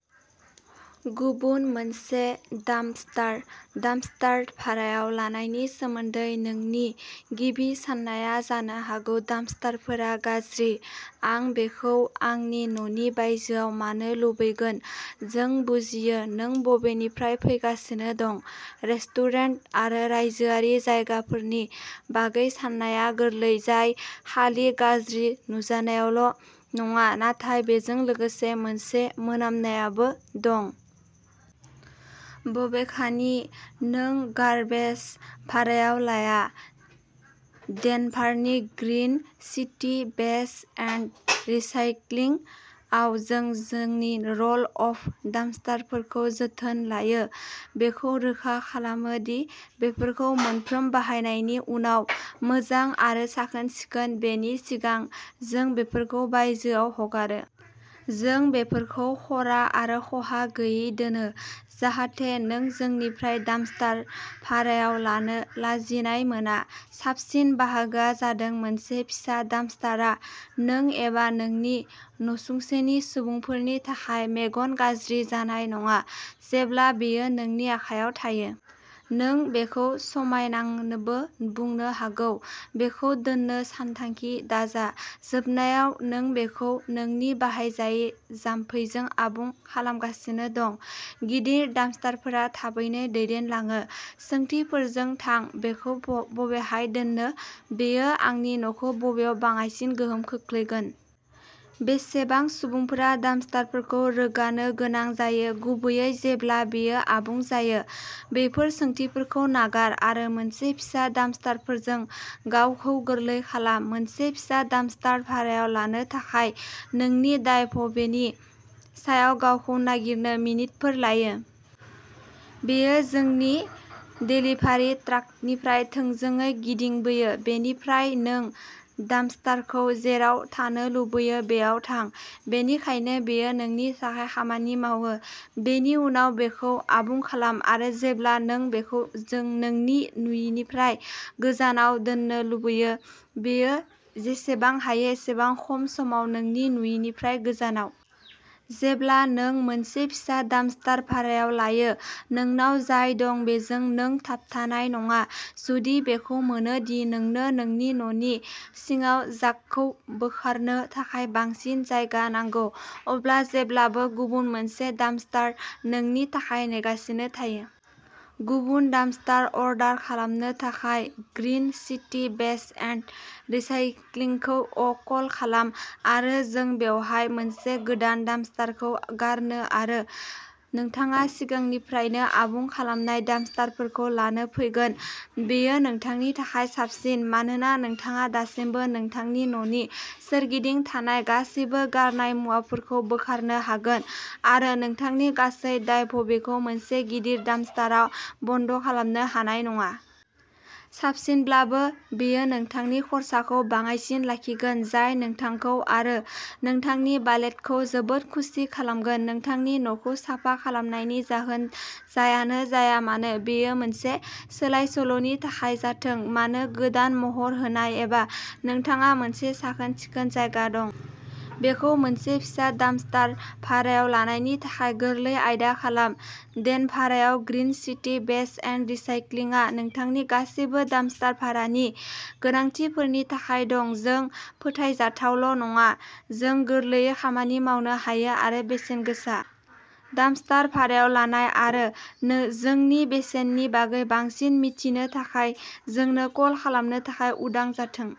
गुबुन मोनसे dumpster. Dumpster भारायाव लानायनि सोमोन्दै नोंनि गिबि साननाया जानो हागौ, डाम्पस्टारफोरा गाज्रि, आं बेखौ आंनि न'नि बायजोआव मानो लुबैगोन। जों बुजियो नों बबेनिफ्राय फैगासिनो दं। रेस्टुरेन्ट आरो रायजोआरि जायगाफोरनि बागै साननाया गोरलै, जाय खालि गाज्रि नुजानायल' नङा, नाथाय बेजों लोगोसे मोनसे मोनामनायबो दं। बबेखानि, नों गार्बेज भारायाव लाया। डेनभारनि ग्रीन सिटी वेस्ट एन्ड रिसाइक्लिंआव, जों जोंनि र'ल अफ डाम्पस्टारफोरखौ जोथोन लायो, बेखौ रोखा खालामो दि बेफोरखौ मोनफ्रोम बाहायनायनि उनाव मोजां आरो साखोन सिखोन, बेनि सिगां जों बेफोरखौ बायजोआव हगारो। जों बेफोरखौ ख'रा आरो खहा गैयै दोनो, जाहाथे नों जोंनिफ्राय डाम्पस्टार भारायाव लानो लाजिनाय मोना। साबसिन बाहागोआ जादों मोनसे फिसा डाम्पस्टारआ नों एबा नोंनि नसुंसेनि सुबुंफोरनि थाखाय मेगन गाज्रि जानाय नङा, जेब्ला बेयो नोंनि आखायाव थायो। नों बेखौ समायनाबो बुंनो हागौ। बेखौ दोननो सानथांखि दाजा, जोबनायाव नों बेखौ नोंनि बाहायजायै जामफैजों आबुं खालामगासिनो दं। गिदिर डाम्पस्टारफोरा थाबैनो दैदेनलाङो। सोंथिफोरजों थां। बेखौ बबे बबेहाय दोननो? बेयो आंनि न'खौ बबेयाव बाङायसिन गोहोम खोख्लैगोन? बेसेबां सुबुंफोरा डाम्पस्टारखौ रोगानो गोनां जायो, गुबैयै जेब्ला बेयो आबुं जायो? बैफोर सोंथिफोरखौ नागार आरो मोनसे फिसा डाम्पस्टारजों गावखौ गोरलै खालाम। मोनसे फिसा डाम्पस्टार भारायाव लानो थाखाय नोंनि ड्राइभवेनि सायाव गावखौ नागिरनो मिनिटफोर लायो। बेयो जोंनि देलिभारि ट्राकनिफ्राय थोंजोङै गिदिंबोयो। बेनिफ्राय, नों डाम्पस्टारखौ जेराव थानो लुगैयो बैयाव था, बेनिखायनो बेयो नोंनि थाखाय खामानि मावो। बेनि उनाव बेखौ आबुं खालाम आरो जेब्ला नों बेखौ नोंनि नुयिनिफ्राय गोजानाव दोननो लुगैयो, बेयो जेसेबां हायो एसेबां खम समाव नोंनि नुयिनिफ्राय गोजानाव। जेब्ला नों मोनसे फिसा डाम्पस्टार भारायाव लायो, नोंनाव जाय दं बेजों नों थाबथानाय नङा। जुदि बेखौ मोनो दि नोंनो नोंनि न'नि सिङाव जांकखौ बोखारनो थाखाय बांसिन जायगा नांगौ, अब्ला जेब्लाबो गुबुन मोनसे डाम्पस्टार नोंनि थाखाय नेगासिनो थायो। गुबुन डाम्पस्टार अर्डार खालामनो थाखाय ग्रीन सिटी वेस्ट एन्ड रिसाइक्लिंखौ कल खालाम आरो जों बेवहाय मोनसे गोदान डाम्पस्टारखौ गारनो आरो नोंथाङा सिगांनिफ्रायनो आबुं खालामनाय डाम्पस्टारखौ लानो फैगोन। बेयो नोंथांनि थाखाय साबसिन, मानोना नोंथाङा दासिमबो नोंथांनि न'नि सोरगिदिं थानाय गासिबो गारनाय मुवाफोरखौ बोखारनो हागोन आरो नोंथांनि गासै ड्राइभवेखौ मोनसे गिदिर डाम्पस्टारआ बन्द' खालामनो हानाय नङा। साबसिनब्लाबो, बेयो नोंथांनि खरसाखौ बाङाइसिन लाखिगोन, जाय नोंथांखौ आरो नोंथांनि वालेटखौ जोबोद खुसि खालामगोन। नोंथांनि न'खौ साफा खालामनायनि जाहोन जायानो जाया मानो बेयो मोनसे सोलायसोल'नि थाखाय जाथों मानो, गोदान महर होनाय एबा नोंथांहा मोनसे साखोन सिखोन जायगा दं। बेखौ मोनसे फिसा डाम्पस्टार भारायाव लानायनि थाखाय गोरलै आयदा खालाम। डेनभाराव ग्रीन सिटी वेस्ट एन्ड रिसाइक्लिंआ नोंथांनि गासिबो डाम्पस्टार भारानि गोनांथिफोरनि थाखाय दं। जों फोथायजाथावल' नङा, जों गोरलैयै खामानि मावनो हायो आरो बेसेनगोसा। डाम्पस्टार भारायाव लानाय आरो जोंनि बेसेननि बागै बांसिन मिथिनो थाखाय, जोंनो कल खालामनो थाखाय उदां जाथों।